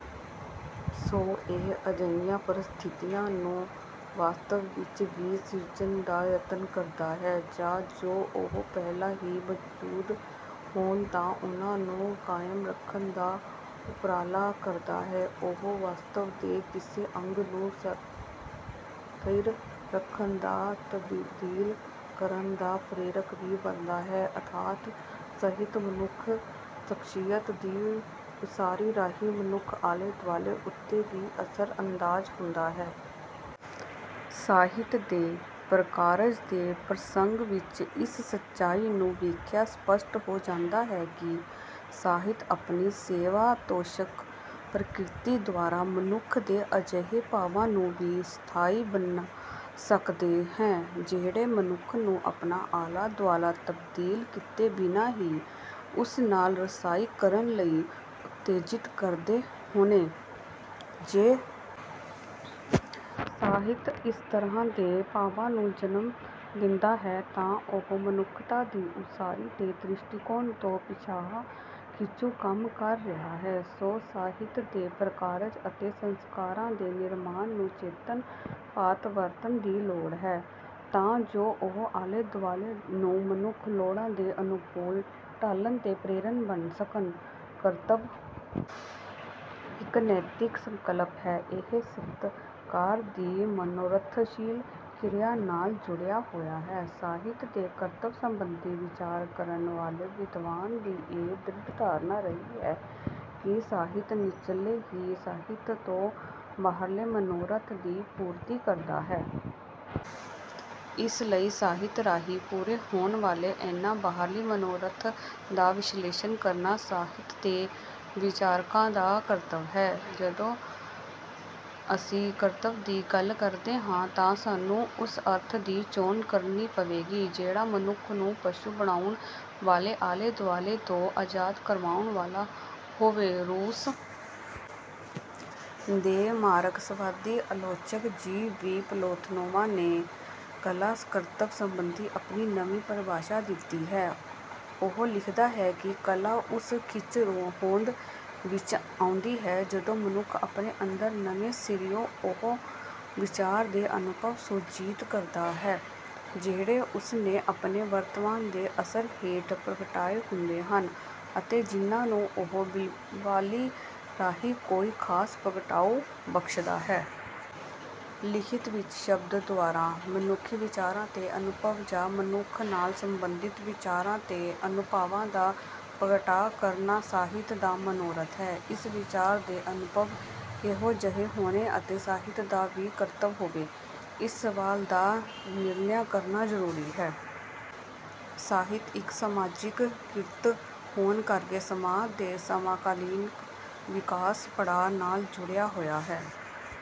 ਸੋ ਇਹ ਅਜਿਹੀਆਂ ਪ੍ਰਸਥਿਤੀਆਂ ਨੂੰ ਵਾਸਤਵ ਵਿੱਚ ਵੀ ਸਿਰਜਣ ਦਾ ਯਤਨ ਕਰਦਾ ਹੈ ਜਾਂ ਜੋ ਉਹ ਪਹਿਲੋਂ ਹੀ ਮੌਜੂਦ ਹੋਣ ਤਾਂ ਉਨ੍ਹਾਂ ਨੂੰ ਕਾਇਮ ਰੱਖਣ ਦਾ ਉਪਰਾਲਾ ਕਰਦਾ ਹੈ। ਇਉਂ ਵਾਸਤਵ ਦੇ ਕਿਸੇ ਅੰਗ ਨੂੰ ਸਥਿਰ ਰੱਖਣ ਜਾਂ ਤਬਦੀਲ ਕਰਨ ਦਾ ਪ੍ਰੇਰਕ ਵੀ ਬਣਦਾ ਹੈ, ਅਰਥਾਤ ਸਾਹਿਤ ਮਨੁੱਖੀ ਸ਼ਖ਼ਸੀਅਤ ਦੀ ਉਸਾਰੀ ਰਾਹੀਂ ਮਨੁੱਖੀ ਆਲੇ-ਦੁਆਲੇ ਉੱਤੇ ਵੀ ਅਸਰ-ਅੰਦਾਜ਼ ਹੁੰਦਾ ਹੈ। ਸਾਹਿਤ ਦੇ ਪ੍ਰਕਾਰਜ ਦੇ ਪ੍ਰਸੰਗ ਵਿੱਚ ਇਸ ਸਚਾਈ ਨੂੰ ਵੇਖਿਆਂ ਸਪੱਸ਼ਟ ਹੋ ਜਾਂਦਾ ਹੈ ਕਿ ਸਾਹਿਤ ਆਪਣੀ ਸਵੈ-ਤੋਸ਼ਕ ਪ੍ਰਕਿਰਤੀ ਦੁਆਰਾ ਮਨੁੱਖ ਦੇ ਅਜਿਹੇ ਭਾਵਾਂ ਨੂੰ ਵੀ ਸਥਾਈ ਬਣਾ ਸਕਦਾ ਹੈ ਜਿਹੜੇ ਮਨੁੱਖ ਨੂੰ ਆਪਣਾ ਆਲਾ-ਦੁਆਲਾ ਤਬਦੀਲ ਕੀਤੇ ਬਿਨਾਂ ਹੀ ਉਸ ਨਾਲ ਰਸਾਈ ਕਰਨ ਲਈ ਉਤੇਜਿਤ ਕਰਦੇ ਹੋਣ। ਜੇ ਸਾਹਿਤ ਇਸ ਤਰ੍ਹਾਂ ਦੇ ਭਾਵਾਂ ਨੂੰ ਜਨਮ ਦਿੰਦਾ ਹੈ ਤਾਂ ਉਹ ਮਨੁੱਖਤਾ ਦੀ ਉਸਾਰੀ ਦੇ ਦ੍ਰਿਸ਼ਟੀਕੋਣ ਤੋਂ ਪਿਛਾਂਹ-ਖਿੱਚੂ ਕੰਮ ਕਰ ਰਿਹਾ ਹੈ। ਸੋ ਸਾਹਿਤ ਦੇ ਪ੍ਰਕਾਰਜ ਅਤੇ ਸੰਸਕਾਰਾਂ ਦੇ ਨਿਰਮਾਣ ਨੂੰ ਚੇਤੰਨ ਭਾਂਤ ਵਰਤਣ ਦੀ ਲੋੜ ਹੈ, ਤਾਂ ਜੋ ਉਹ ਆਲੇ-ਦੁਆਲੇ ਨੂੰ ਮਨੁੱਖੀ ਲੋੜਾਂ ਦੇ ਅਨੁਕੂਲ ਢਾਲਣ ਦੇ ਪ੍ਰੇਰਕ ਬਣ ਸਕਣ। ਕਰਤੱਵ ਇੱਕ ਨੈਤਿਕ ਸੰਕਲਪ ਹੈ। ਇਹ ਸਾਹਿਤਕਾਰ ਦੀ ਮਨੋਰਥਸ਼ੀਲ ਕਿਰਿਆ ਨਾਲ ਜੁੜਿਆ ਹੋਇਆ ਹੈ। ਸਾਹਿਤ ਦੇ ਕਰਤੱਵ ਸਬੰਧੀ ਵਿਚਾਰ ਕਰਨ ਵਾਲੇ ਵਿਦਵਾਨਾਂ ਦੀ ਇਹ ਦ੍ਰਿੜ੍ਹ ਧਾਰਨਾ ਰਹੀ ਹੈ ਕਿ ਸਾਹਿਤ ਨਿਸਚੇ ਹੀ ਸਾਹਿਤ ਤੋਂ ਬਾਹਰਲੇ ਮਨੋਰਥਾਂ ਦੀ ਪੂਰਤੀ ਕਰਦਾ ਹੈ। ਇਸ ਲਈ ਸਾਹਿਤ ਰਾਹੀਂ ਪੂਰੇ ਹੋਣ ਵਾਲੇ ਇਨ੍ਹਾਂ ਬਾਹਰੀ ਮਨੋਰਥਾਂ ਦਾ ਵਿਸ਼ਲੇਸ਼ਣ ਕਰਨਾ ਸਾਹਿਤ ਦੇ ਵਿਚਾਰਕਾਂ ਦਾ ਕਰਤੱਵ ਹੈ। ਜਦੋਂ ਅਸੀਂ ਕਰਤੱਵ ਦੀ ਗੱਲ ਕਰਦੇ ਹਾਂ ਤਾਂ ਸਾਨੂੰ ਉਸ ਅਰਥ ਦੀ ਚੋਣ ਕਰਨੀ ਪਵੇਗੀ ਜਿਹੜਾ ਮਨੁੱਖ ਨੂੰ ਪਸ਼ੂ ਬਣਾਉਣ ਵਾਲੇ ਆਲੇ-ਦੁਆਲੇ ਤੋਂ ਆਜ਼ਾਦ ਕਰਾਉਣ ਵਾਲਾ ਹੋਵੇ। ਰੂਸ ਦੇ ਮਾਰਕਸਵਾਦੀ ਆਲੋਚਕ ਜੀ. ਵੀ. ਪਲੈਖਾਨੋਵ ਨੇ ਕਲਾ-ਕਰਤੱਵ ਸਬੰਧੀ ਆਪਣੀ ਨਵੀਂ ਪਰਿਭਾਸ਼ਾ ਦਿੱਤੀ ਹੈ। ਉਹ ਲਿਖਦਾ ਹੈ ਕਿ ਕਲਾ ਉਸ ਖਿਣ ਹੋਂਦ ਵਿੱਚ ਆਉਂਦੀ ਹੈ ਜਦੋਂ ਮਨੁੱਖ ਆਪਣੇ ਅੰਦਰ ਨਵੇਂ ਸਿਰਿਓਂ ਉਹ ਵਿਚਾਰ ਤੇ ਅਨੁਭਵ ਸੁਰਜੀਤ ਕਰਦਾ ਹੈ ਜਿਹੜੇ ਉਸਨੇ ਆਪਣੇ ਵਾਤਾਵਰਨ ਦੇ ਅਸਰ ਹੇਠ ਪ੍ਰਗਟਾਏ ਹੁੰਦੇ ਹਨ ਅਤੇ ਜਿਨ੍ਹਾਂ ਨੂੰ ਉਹ ਬਿੰਬਾਵਲੀ ਰਾਹੀਂ ਕੋਈ ਖਾਸ ਪ੍ਰਗਟਾਓ ਬਖਸ਼ਦਾ ਹੈ। ਲਿਖਤ ਵਿੱਚ ਸ਼ਬਦਾਂ ਦੁਆਰਾ ਮਨੁੱਖੀ ਵਿਚਾਰ ਤੇ ਅਨੁਭਵ ਜਾਂ ਮਨੁੱਖ ਨਾਲ ਸਬੰਧਿਤ ਵਿਚਾਰਾਂ ਤੇ ਅਨੁਭਵਾਂ ਦਾ ਪ੍ਰਗਟਾਅ ਕਰਨਾ ਸਾਹਿਤ ਦਾ ਮਨੋਰਥ ਹੈ। ਇਹ ਵਿਚਾਰ ਤੇ ਅਨੁਭਵ ਕਿਹੋ ਜਿਹੇ ਹੋਣ ਅਤੇ ਸਾਹਿਤ ਦਾ ਕੀ ਕਰਤੱਵ ਹੋਵੇ, ਇਸ ਸਵਾਲ ਦਾ ਨਿਰਣਾ ਕਰਨਾ ਜ਼ਰੂਰੀ ਹੈ। ਸਾਹਿਤ ਇੱਕ ਸਮਾਜਿਕ ਕਿਰਤ ਹੋਣ ਕਰਕੇ ਸਮਾਜ ਦੇ ਸਮਕਾਲੀਨ ਵਿਕਾਸ-ਪੜਾਅ ਨਾਲ ਜੁੜਿਆ ਹੋਇਆ ਹੈ।